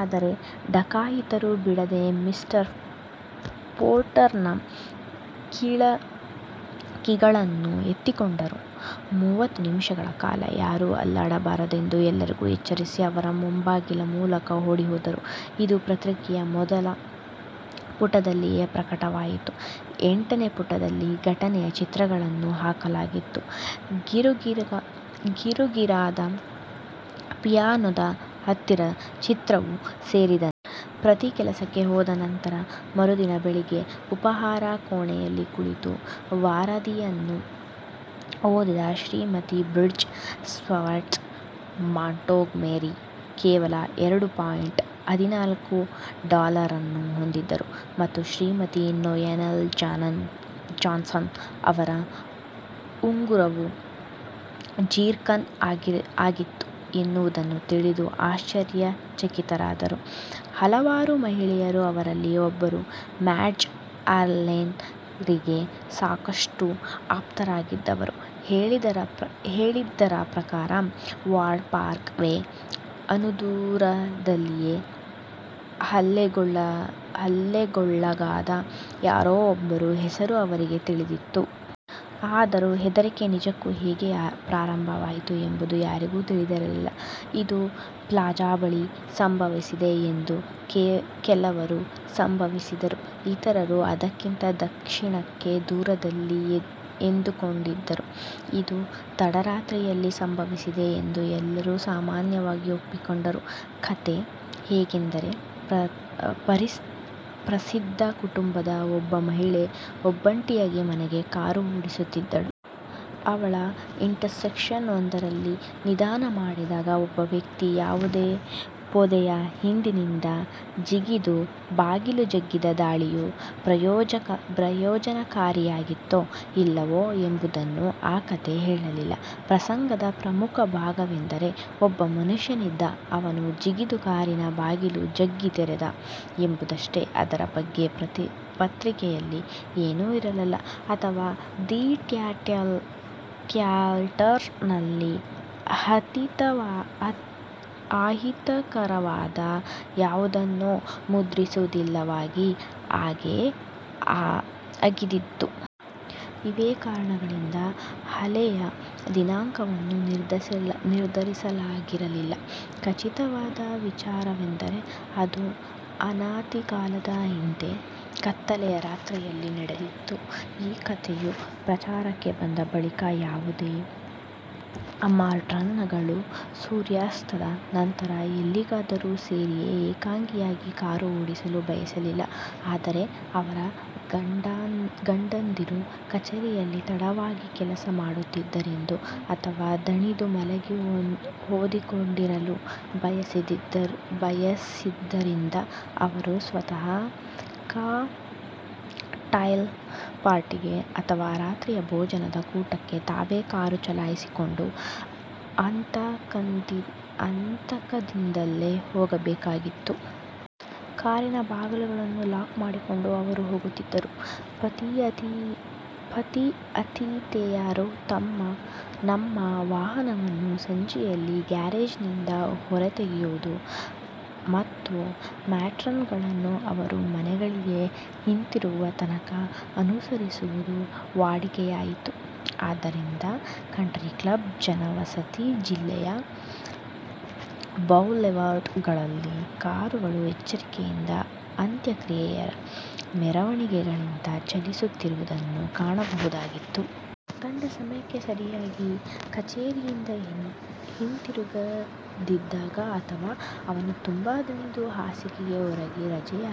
ಆದರೆ ಡಕಾಯಿತರು ಬಿಡದೆ mister Porter ನ ಕೀಗಳನ್ನು ಎತ್ತಿಕೊಂಡರು. ಮೂವತ್ತು ನಿಮಿಷಗಳ ಕಾಲ ಯಾರೂ ಅಲ್ಲಾಡಬಾರದೆಂದು ಎಲ್ಲರಿಗೂ ಎಚ್ಚರಿಸಿ ಅವರು ಮುಂಬಾಗಿಲ ಮೂಲಕ ಓಡಿಹೋದರು. ಇದು ಪತ್ರಿಕೆಯ ಮೊದಲ ಪುಟದಲ್ಲಿಯೇ ಪ್ರಕಟವಾಯಿತು. ಎಂಟನೇ ಪುಟದಲ್ಲಿ ಘಟನೆಯ ಚಿತ್ರಗಳನ್ನು ಹಾಕಲಾಗಿತ್ತು. ಗೀರುಗೀರಾದ ಪಿಯಾನೋದ ಹತ್ತಿರದ ಚಿತ್ರವೂ ಸೇರಿದಂತೆ. ಪತಿ ಕೆಲಸಕ್ಕೆ ಹೋದ ನಂತರ ಮರುದಿನ ಬೆಳಿಗ್ಗೆ ಉಪಾಹಾರ ಕೋಣೆಯಲ್ಲಿ ಕುಳಿತು ವರದಿಯನ್ನು ಓದಿದ ಶ್ರೀಮತಿ ಬ್ರಿಡ್ಜ್, ಸ್ಟುವರ್ಟ್ ಮಾಂಟ್ಗೊಮೆರಿ ಕೇವಲ ಎರಡು ಪಾಯಿಂಟ್ ಹದಿನಾಲ್ಕು ಡಾಲರನ್ನು ಹೊಂದಿದ್ದರು ಮತ್ತು ಶ್ರೀಮತಿ ನೋಯೆಲ್ ಜಾನ್ಸನ್ ಅವರ ಉಂಗುರವು ಜಿರ್ಕಾನ್ ಆಗಿತ್ತು ಎನ್ನುವುದನ್ನು ತಿಳಿದು ಆಶ್ಚರ್ಯಚಕಿತರಾದರು. ಹಲವಾರು ಮಹಿಳೆಯರು, ಅವರಲ್ಲಿ ಒಬ್ಬರು ಮ್ಯಾಡ್ಜ್ ಅರ್ಲೆನ್ ರಿಗೆ ಸಾಕಷ್ಟು ಆಪ್ತರಾಗಿದ್ದವರು ಹೇಳಿದ್ದರ ಪ್ರಕಾರ ವಾರ್ಡ್ ಪಾರ್ಕ್ ವೇ ಅನತಿದೂರದಲ್ಲಿಯೇ ಹಲ್ಲೆಗೊಳಗಾದ ಯಾರೋ ಒಬ್ಬರ ಹೆಸರು ಅವರಿಗೆ ತಿಳಿದಿತ್ತು. ಆದರೂ ಹೆದರಿಕೆ ನಿಜಕ್ಕೂ ಹೇಗೆ ಪ್ರಾರಂಭವಾಯಿತು ಎಂಬುದು ಯಾರಿಗೂ ತಿಳಿದಿರಲಿಲ್ಲ. ಇದು ಪ್ಲಾಜಾ ಬಳಿ ಸಂಭವಿಸಿದೆ ಎಂದು ಕೆಲವರು ಭಾವಿಸಿದರು, ಇತರರು ಅದಕ್ಕಿಂತ ದಕ್ಷಿಣಕ್ಕೆ ದೂರದಲ್ಲಿ ಎಂದುಕೊಂಡಿದ್ದರು ಇದು ತಡರಾತ್ರಿಯಲ್ಲಿ ಸಂಭವಿಸಿದೆ ಎಂದು ಎಲ್ಲರೂ ಸಾಮಾನ್ಯವಾಗಿ ಒಪ್ಪಿಕೊಂಡರು. ಕಥೆ ಹೇಗೆಂದರೆ, ಪ್ರಸಿದ್ಧ ಕುಟುಂಬದ ಒಬ್ಬ ಮಹಿಳೆ ಒಬ್ಬಂಟಿಯಾಗಿ ಮನೆಗೆ ಕಾರು ಓಡಿಸುತ್ತಿದ್ದಳು. ಅವಳು ಇಂಟರ್ಸೆಕ್ಷನ್ ಒಂದರಲ್ಲಿ ನಿಧಾನ ಮಾಡಿದ್ದಾಗ ಒಬ್ಬ ವ್ಯಕ್ತಿ ಯಾವುದೋ ಪೊದೆಯ ಹಿಂದಿನಿಂದ ಜಿಗಿದು ಬಾಗಿಲು ಜಗ್ಗಿದ್ದ. ದಾಳಿಯು ಪ್ರಯೋಜನಕಾರಿಯಾಗಿತ್ತೋ ಇಲ್ಲವೋ ಎಂಬುದನ್ನು ಆ ಕಥೆ ಹೇಳಲಿಲ್ಲ. ಪ್ರಸಂಗದ ಪ್ರಮುಖ ಭಾಗವೆಂದರೆ ಒಬ್ಬ ಮನುಷ್ಯನಿದ್ದ, ಅವನು ಜಿಗಿದು ಕಾರಿನ ಬಾಗಿಲು ಜಗ್ಗಿ ತೆರೆದ ಎಂಬುದಷ್ಟೇ. ಅದರ ಬಗ್ಗೆ ಪತ್ರಿಕೆಯಲ್ಲಿ ಏನೂ ಇರಲಿಲ್ಲ, ಅಥವಾ ದಿ ಟ್ಯಾಟ್ಲರ್ ನಲ್ಲಿ ಅಹಿತಕರವಾದ ಯಾವುದನ್ನೂ ಮುದ್ರಿಸುವುದಿಲ್ಲವಾಗಿ ಹಾಗೆ ಆಗಿದ್ದೀತು. ಇವೇ ಕಾರಣಗಳಿಂದ ಹಲ್ಲೆಯ ದಿನಾಂಕವನ್ನು ನಿರ್ಧರಿಸಲಾಗಿರಲಿಲ್ಲ. ಖಚಿತವಾದ ವಿಚಾರವೆಂದರೆ ಅದು ಅನತಿಕಾಲದ ಹಿಂದೆ ಕತ್ತಲೆಯ ರಾತ್ರಿಯಲ್ಲಿ ನಡೆದಿತ್ತು. ಈ ಕಥೆಯು ಪ್ರಚಾರಕ್ಕೆ ಬಂದ ಬಳಿಕ ಯಾವುದೇ ಮಾಟ್ರಾನ್ ಗಳು ಸೂರ್ಯಾಸ್ತದ ನಂತರ ಎಲ್ಲಿಗಾದರೂ ಸರಿಯೆ ಏಕಾಂಗಿಯಾಗಿ ಕಾರು ಓಡಿಸಲು ಬಯಸಲಿಲ್ಲ. ಅದರೆ ಅವರ ಗಂಡಂದಿರು ಕಚೇರಿಯಲ್ಲಿ ತಡವಾಗಿ ಕೆಲಸ ಮಾಡುತ್ತಿದ್ದರಿಂದ ಅಥವಾ ದಣಿದು ಮಲಗಿ ಓದಿಕೊಂಡಿರಲು ಬಯಸಿದ್ದರಿಂದ ಅವರು ಸ್ವತಃ ಕಾಕ್ಟೈಲ್ ಪಾರ್ಟಿಗೆ ಅಥವಾ ರಾತ್ರಿಯ ಭೋಜನ ಕೂಟಕ್ಕೆ ತಾವೇ ಕಾರು ಚಲಾಯಿಸಿಕೊಂಡು ಆತಂಕದಿಂದಲೇ ಹೋಗಬೇಕಾಗಿತ್ತು. ಕಾರಿನ ಬಾಗಿಲುಗಳನ್ನು ಲಾಕ್ ಮಾಡಿಕೊಂಡು ಅವರು ಹೋಗುತ್ತಿದ್ದರು. ಪತಿ-ಆತಿಥೇಯರು ತಮ್ಮ ವಾಹನವನ್ನು ಸಂಜೆಯಲ್ಲಿ ಗ್ಯಾರೇಜ್ ನಿಂದ ಹೊರತೆಗೆಯುವುದು ಮತ್ತು ಮಾಟ್ರಾನ್ ಗಳನ್ನು ಅವರು ಮನೆಗಳಿಗೆ ಹಿಂತಿರುಗುವ ತನಕ ಅನುಸರಿಸುವುದು ವಾಡಿಕೆಯಾಯಿತು. ಆದ್ದರಿಂದ ಕಂಟ್ರಿ ಕ್ಲಬ್ ಜನವಸತಿ ಜಿಲ್ಲೆಯ ಬೌಲೆವಾರ್ಡ್ ಗಳಲ್ಲಿ ಕಾರುಗಳು ಎಚ್ಚರಿಕೆಯಿಂದ ಅಂತ್ಯಕ್ರಿಯೆಯ ಮೆರವಣಿಗೆಗಳಂತೆ ಚಲಿಸುತ್ತಿರುವುದನ್ನು ಕಾಣಬಹುದಾಗಿತ್ತು. ಗಂಡ ಸಮಯಕ್ಕೆ ಸರಿಯಾಗಿ ಕಚೇರಿಯಿಂದ ಹಿಂತಿರುಗದಿದ್ದಾಗ, ಅಥವಾ ಅವನು ತುಂಬಾ ದಣಿದು ಹಾಸಿಗೆಗೆ ಒರಗಿ ರಜೆಯ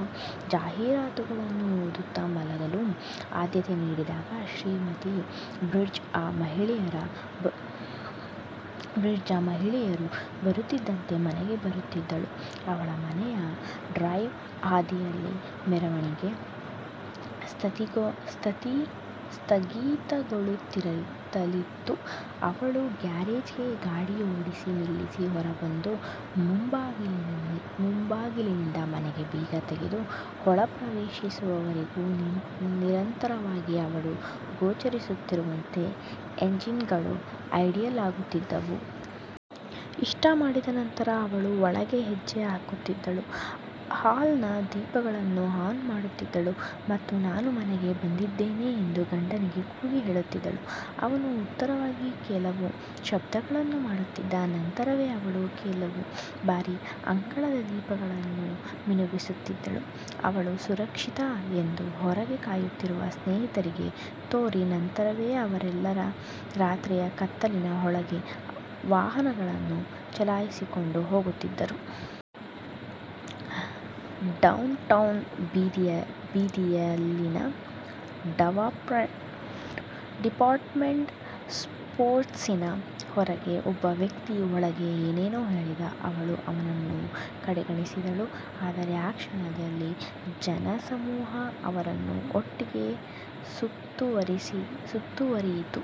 ಜಾಹೀರಾತುಗಳನ್ನು ಓದುತ್ತ ಮಲಗಲು ಆದ್ಯತೆ ನೀಡಿದಾಗ ಶ್ರೀಮತಿ ಬ್ರಿಡ್ಜ್ ಆ ಮಹಿಳೆಯರು ಬರುತ್ತಿದ್ದಂತೆ ಮನೆಗೆ ಬರುತ್ತಿದ್ದಳು. ಅವಳ ಮನೆಯ ಡ್ರೈವ್ ಹಾದಿಯಲ್ಲಿ ಮೆರವಣಿಗೆ ಸ್ಥಗಿತಗೊಳ್ಳುತ್ತಲಿತ್ತು. ಅವಳು ಗ್ಯಾರೇಜ್ ಗೆ ಗಾಡಿ ಓಡಿಸಿ, ನಿಲ್ಲಿಸಿ ಹೊರಬಂದು ಮುಂಬಾಗಿಲಿನಿಂದ ಮನೆ ಬೀಗ ತೆಗೆದು ಒಳಪ್ರವೇಶಿಸುವವರೆಗೂ ನಿರಂತರವಾಗಿ ಅವಳು ಗೋಚರಿಸುತ್ತಿರುವಂತೆ ಎಂಜಿನ್ ಗಳು ಐಡಲ್ ಆಗುತ್ತಿದ್ದವು. ಇಷ್ಟು ಮಾಡಿದ ನಂತರ ಅವಳು ಒಳಗೆ ಹೆಜ್ಜೆ ಹಾಕುತ್ತಿದ್ದಳು. ಹಾಲ್ ನ ದೀಪಗಳನ್ನು ಆನ್ ಮಾಡುತ್ತಿದ್ದಳು ಮತ್ತು "ನಾನು ಮನೆಗೆ ಬಂದಿದ್ದೇನೆ" ಎಂದು ಗಂಡನಿಗೆ ಕೂಗಿ ಹೇಳುತ್ತಿದ್ದಳು. ಅವನು ಉತ್ತರವಾಗಿ ಕೆಲವು ಶಬ್ದಗಳನ್ನು ಮಾಡುತ್ತಿದ್ದ. ನಂತರವೇ ಅವಳು ಕೆಲವು ಬಾರಿ ಅಂಗಳದ ದೀಪಗಳನ್ನು ಮಿನುಗಿಸುತ್ತಿದ್ದಳು. ಅವಳು ಸುರಕ್ಷಿತ ಎಂದು ಹೊರಗೆ ಕಾಯುತ್ತಿರುವ ಸ್ನೇಹಿತರಿಗೆ ತೋರಿ, ನಂತರವೇ ಅವರೆಲ್ಲರೂ ರಾತ್ರಿಯ ಕತ್ತಲಿನ ಒಳಕ್ಕೆ ವಾಹನಗಳನ್ನು ಚಲಾಯಿಸಿಕೊಂಡು ಹೋಗುತ್ತಿದ್ದರು. ಡೌನ್ಟೌನ್ ಬೀದಿಯಲ್ಲಿನ ಡಿಪಾರ್ಟ್ಮೆಂಟ್ ಸ್ಟೋರ್ಸಿನ ಹೊರಗೆ ಒಬ್ಬ ವ್ಯಕ್ತಿ ಅವಳಿಗೆ ಏನನ್ನೋ ಹೇಳಿದ. ಅವಳು ಅವನನ್ನು ಕಡೆಗಣಿಸಿದಳು. ಆದರೆ ಆ ಕ್ಷಣದಲ್ಲಿ ಜನಸಮೂಹ ಅವರನ್ನು ಒಟ್ಟಿಗೆ ಸುತ್ತುವರಿಯಿತು.